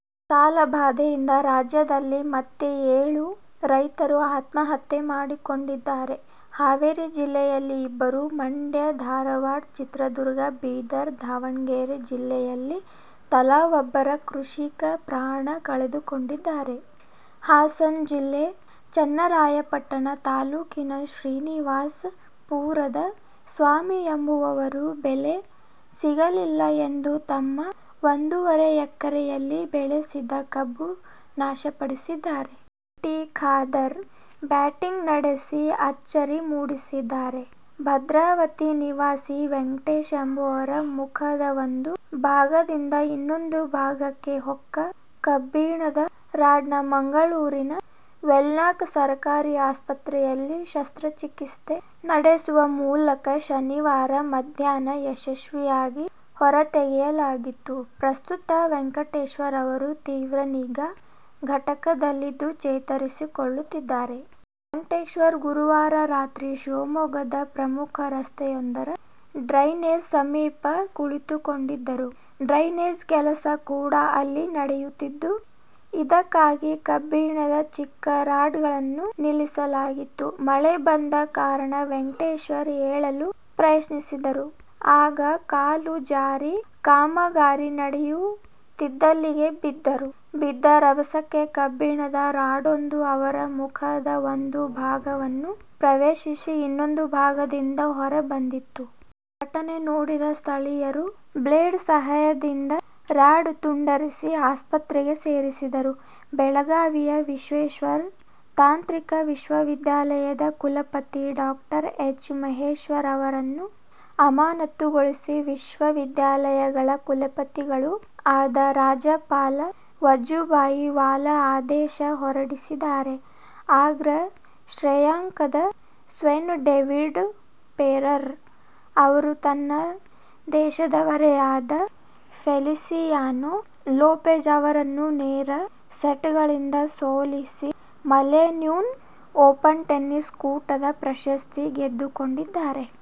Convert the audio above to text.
ಸಾಲ ಬಾಧೆಯಿಂದ ರಾಜ್ಯದಲ್ಲಿ ಮತ್ತೆ ಏಳು ರೈತರು ಆತ್ಮಹತ್ಯೆ ಮಾಡಿಕೊಂಡಿದ್ದಾರೆ. ಹಾವೇರಿ ಜಿಲ್ಲೆಯಲ್ಲಿ ಇಬ್ಬರು, ಮಂಡ್ಯ, ಧಾರವಾಡ, ಚಿತ್ರದುರ್ಗ, ಬೀದರ, ದಾವಣಗೆರೆ ಜಿಲ್ಲೆಗಳಲ್ಲಿ ತಲಾ ಒಬ್ಬ ಕೃಷಿಕ ಪ್ರಾಣ ಕಳೆದುಕೊಂಡಿದ್ದಾರೆ. ಹಾಸನ ಜಿಲ್ಲೆ ಚನ್ನರಾಯಪಟ್ಟಣ ತಾಲೂಕಿನ ಶ್ರೀನಿವಾಸ ಪುರದ ಸ್ವಾಮಿ ಎಂಬುವವರು ಬೆಲೆ ಸಿಗಲಿಲ್ಲ ಎಂದು ತಮ್ಮ ಒಂದೂವರೆ ಎಕರೆಯಲ್ಲಿ ಬೆಳೆದಿದ್ದ ಕಬ್ಬು ನಾಶಪಡಿಸಿದ್ದಾರೆ. ಟಿ. ಖಾದರ್ ಬ್ಯಾಟಿಂಗ್ ನಡೆಸಿ ಅಚ್ಚರಿ ಮೂಡಿಸಿದ್ದಾರೆ. ಭದ್ರಾವತಿ ನಿವಾಸಿ ವೆಂಕಟೇಶ್ ಎಂಬುವರ ಮುಖದ ಒಂದು ಭಾಗದಿಂದ ಇನ್ನೊಂದು ಭಾಗಕ್ಕೆ ಹೊಕ್ಕ ಕಬ್ಬಿಣದ ರಾಡ್ನ್ನು ಮಂಗಳೂರಿನ ವೆನ್ಲಾಕ್ ಸರಕಾರಿ ಆಸ್ಪತ್ರೆಯಲ್ಲಿ ಶಸ್ತ್ರಚಿಕಿತ್ಸೆ ನಡೆಸುವ ಮೂಲಕ ಶನಿವಾರ ಮಧ್ಯಾಹ್ನ ಯಶಸ್ವಿಯಾಗಿ ಹೊರತೆಗೆಯಲಾಯಿತು. ಪ್ರಸ್ತುತ ವೆಂಕಟೇಶ್ ಅವರು ತೀವ್ರ ನಿಗಾ ಘಟಕದಲ್ಲಿದ್ದು ಚೇತರಿಸಿಕೊಳ್ಳುತ್ತಿದ್ದಾರೆ. ವೆಂಕಟೇಶ್, ಗುರುವಾರ ರಾತ್ರಿ ಶಿವಮೊಗ್ಗದ ಪ್ರಮುಖ ರಸ್ತೆಯೊಂದರ ಡ್ರೈನೇಜ್ ಸಮೀಪ ಕುಳಿತುಕೊಂಡಿದ್ದರು. ಡ್ರೈನೇಜ್ ಕೆಲಸ ಕೂಡ ಅಲ್ಲಿ ನಡೆಯುತ್ತಿದ್ದು, ಇದಕ್ಕಾಗಿ ಕಬ್ಬಿಣದ ಚಿಕ್ಕ ರಾಡ್ಗಳನ್ನು ನಿಲ್ಲಿಸಲಾಗಿತ್ತು. ಮಳೆ ಬಂದ ಕಾರಣ ವೆಂಕಟೇಶ್ ಏಳಲು ಪ್ರಯತ್ನಿಸಿದರು. ಆಗ ಕಾಲು ಜಾರಿ ಕಾಮಗಾರಿ ನಡೆಯುತ್ತಿದ್ದಲ್ಲಿಗೆ ಬಿದ್ದರು. ಬಿದ್ದ ರಭಸಕ್ಕೆ ಕಬ್ಬಿಣದ ರಾಡೊಂದು ಇವರ ಮುಖದ ಒಂದು ಭಾಗವನ್ನು ಪ್ರವೇಶಿಸಿ, ಇನ್ನೊಂದು ಭಾಗದಿಂದ ಹೊರ ಬಂದಿತ್ತು. ಘಟನೆ ನೋಡಿದ ಸ್ಥಳೀಯರು ಬ್ಲೇಡ್ ಸಹಾಯದಿಂದ ರಾಡ್ ತುಂಡರಿಸಿ, ಆಸ್ಪತ್ರೆಗೆ ಸೇರಿಸಿದ್ದರು. ಬೆಳಗಾವಿಯ ವಿಶ್ವೇಶ್ವರಯ್ಯ ತಾಂತ್ರಿಕ ವಿಶ್ವವಿದ್ಯಾಲಯದ ಕುಲಪತಿ ಡಾ ಎಚ್. ಮಹೇಶಪ್ಪ ಅವರನ್ನು ಅಮಾನತುಗೊಳಿಸಿ ವಿಶ್ವವಿದ್ಯಾಲಯಗಳ ಕುಲಾಧಿಪತಿಗಳೂ ಆದ ರಾಜ್ಯಪಾಲ ವಜುಭಾಯಿ ವಾಲಾ ಆದೇಶ ಹೊರಡಿಸಿದ್ದಾರೆ. ಅಗ್ರ ಶ್ರೇಯಾಂಕದ ಸ್ಪೇನ್ನ ಡೇವಿಡ್ ಫೆರರ್ ಅವರು ತನ್ನ ದೇಶದವರೇ ಆದ ಫೆಲಿಸಿಯಾನೊ ಲೊಪೆಜ್ ಅವರನ್ನು ನೇರ ಸೆಟ್ಗಳಿಂದ ಸೋಲಿಸಿ ಮಲೇಶ್ಯನ್ ಓಪನ್ ಟೆನಿಸ್ ಕೂಟದ ಪ್ರಶಸ್ತಿ ಗೆದ್ದುಕೊಂಡಿದ್ದಾರೆ.